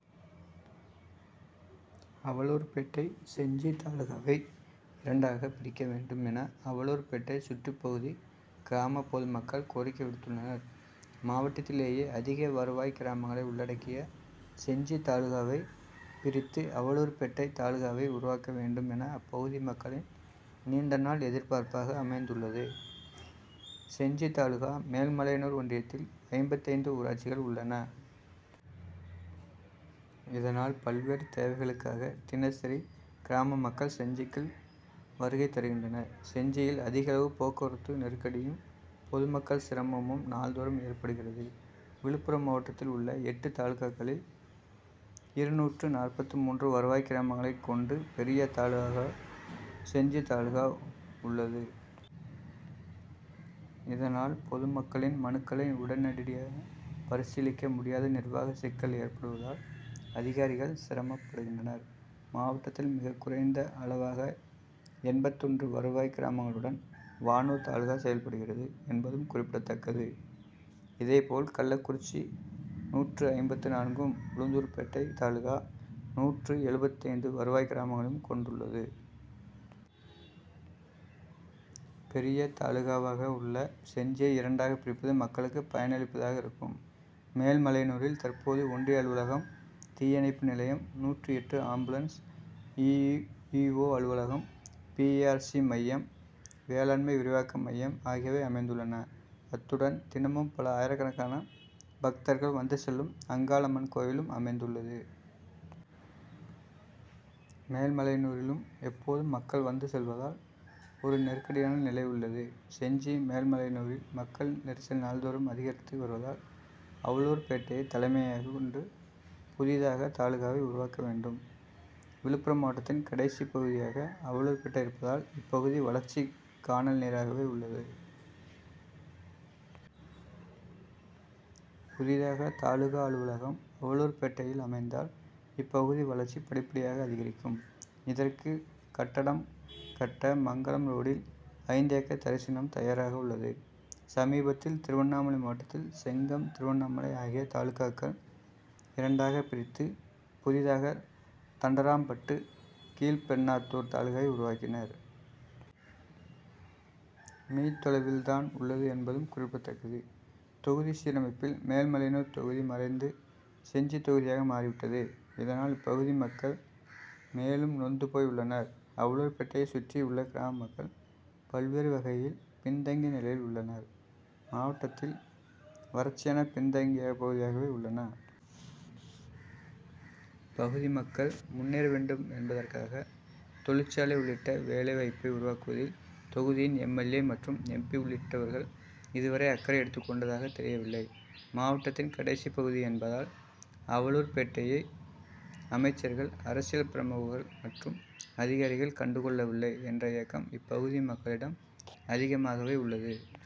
அவலூர்பேட்டை:செஞ்சி தாலுகாவை இரண்டாக பிரிக்க வேண்டும் என அவலூர்பேட்டை சுற்றுப் பகுதி கிராம பொதுமக்கள் கோரிக்கை விடுத்துள்ளனர். மாவட்டத்திலேயே அதிக வருவாய் கிராமங்களை உள்ளடக்கிய செஞ்சி தாலுகாவை பிரித்து அவலூர்பேட்டை தாலுகாவை உருவாக்க வேண்டும் என அப்பகுதி மக்களின் நீண்டநாள் எதிர்ப்பார்ப் பாக அமைந்துள்ளது. செஞ்சி தாலுகா மேல்மலையனூர் ஒன்றியத்தில் ஐம்பத்தைந்து ஊராட்சிகள் உள்ளன. இதனால் பல்வேறு தேவைகளுக்காக தினசரி கிராம மக்கள் செஞ்சிக்கு வருகை தருகின்றனர். செஞ்சியில் அதிகளவு போக்குவரத்து நெருக் கடியும், பொதுமக்கள் சிரமமும் நாள்தோறும் ஏற்படுகிறது. விழுப்புரம் மாவட்டத்தில் உள்ள எட்டு தாலுகாக்களில் இருநூற்று நாற்பத்து மூன்று வருவாய் கிராமங்களை கொண்டு பெரிய தாலுகா செஞ்சி தாலுகா உள்ளது. இதனால் பொதுமக்களின் மனுக்களை உடனடியாக பரிசீலிக்க முடியாத நிர்வாக சிக்கல் ஏற்படுவதால் அதிகாரிகள் சிரமப்படுகின்றனர். மாவட்டத்தில் மிகக்குறைந்த அளவாக எண்பத்தொன்று வருவாய் கிராமங்களுடன் வானூர் தாலுகா செயல்படுகிறது என்பதும் குறிப்பிடத்தக்கது. இதே போல் கள்ளக்குறிச்சி நூற்று ஐம்பத்து நான்கும், உளுந்தூர்பேட்டை தாலுகா நூற்று எழுபத்தைந்து வருவாய் கிராமங்களையும் கொண்டுள்ளது. பெரிய தாலுகாவாக உள்ள செஞ்சியை இரண்டாக பிரிப்பது மக்களுக்கு பயனளிப்பதாக இருக்கும். மேல்மலையனூரில் தற்போது ஒன்றிய அலுவலகம், தீயணைப்பு நிலையம், நூற்று எட்டு ஆம்புலன்ஸ் இ. ஓ., அலுவலகம், பி. ஆர். சி., மையம், வேளாண்மை விரிவாக்க மையம் ஆகியவை அமைந் துள்ளன. அத்துடன் தினமும் பல ஆயிரக்கணக்கான பக்தர்கள் வந்து செல்லும் அங்காளம்மன் கோவிலும் அமைந்துள்ளது. மேல்மலையனூரிலும் எப்போதும் மக்கள் வந்து செல்வதால் ஒரு நெருக்கடியான நிலை உள்ளது. செஞ்சி, மேல்மலையனூரில் மக்கள் நெரிசல் நாள்தோறும் அதிகரித்து வருவதால் அவலூர் பேட்டையை தலைமையாக கொண்டு புதிதாக தாலுகாவை உருவாக்க வேண்டும். விழுப்புரம் மாவட்டத்தின் கடைசிப்பகுதியாக அவலூர்பேட்டை இருப்பதால் இப்பகுதி வளர்ச்சி கானல் நீராகவே உள்ளது. புதிதாக தாலுகா அலுவலகம் அவலூர்பேட்டையில் அமைந்தால் இப்பகுதி வளர்ச்சி படிப்படியாக அதிகரிக்கும். இதற்கு கட்டடம் கட்ட மங்கலம் ரோடில் ஐந்து ஏக்கர் தரிசு நிலம் தயாராக உள்ளது. சமீபத்தில் திருவண்ணாமலை மாவட்டத்தில் செங்கம், திருவண்ணாமலை ஆகிய தாலுகாக்கள் இரண்டாக பிரித்து புதிதாக தண்டராம்பட்டு, கீழ்பெண் ணாத்தூர் தாலுகாவை உருவாக்கினர். மீ., தொலைவில் தான் உள்ளது என்பதும் குறிப்பிடத்தக்கது. தொகுதி சீரமைப்பில் மேல்மலையனூர் தொகுதி மறைந்து செஞ்சி தொகுதியாக மாறிவிட்டது. இதனால் இப்பகுதி மக்கள் மேலும் நொந்து போய் உள்ளனர். அவலூர்பேட்டையை சுற்றி உள்ள கிராம மக்கள் பல்வேறு வகையில் பின்தங்கிய நிலையில் உள்ளனர். மாவட்டத் தில் வறட்சியான பின்தங்கிய பகுதியாகவே உள்ளன. இப்பகுதி மக்கள் முன்னேற வேண்டும் என் பதற்காக தொழிற்சாலை உள் ளிட்ட வேலை வாய்ப்பை உருவாக்குவதில் தொகுதியின் எம். எல். ஏ., மற்றும் எம். பி., உள்ளிட் டவர்கள் இதுவரை அக்கறை எடுத்துக் கொண்டதாக தெரியவில்லை. மாவட்டத்தின் கடைசி பகுதி என்பதால் அவலூர்பேட் டையை அமைச்சர்கள், அரசியல் பிரமுகர்கள் மற்றும் அதிகாரிகள் கண்டு கொள்ளவில்லை என்ற ஏக்கம் இப்பகுதி மக்களிடம் அதிகமாகவே உள்ளது.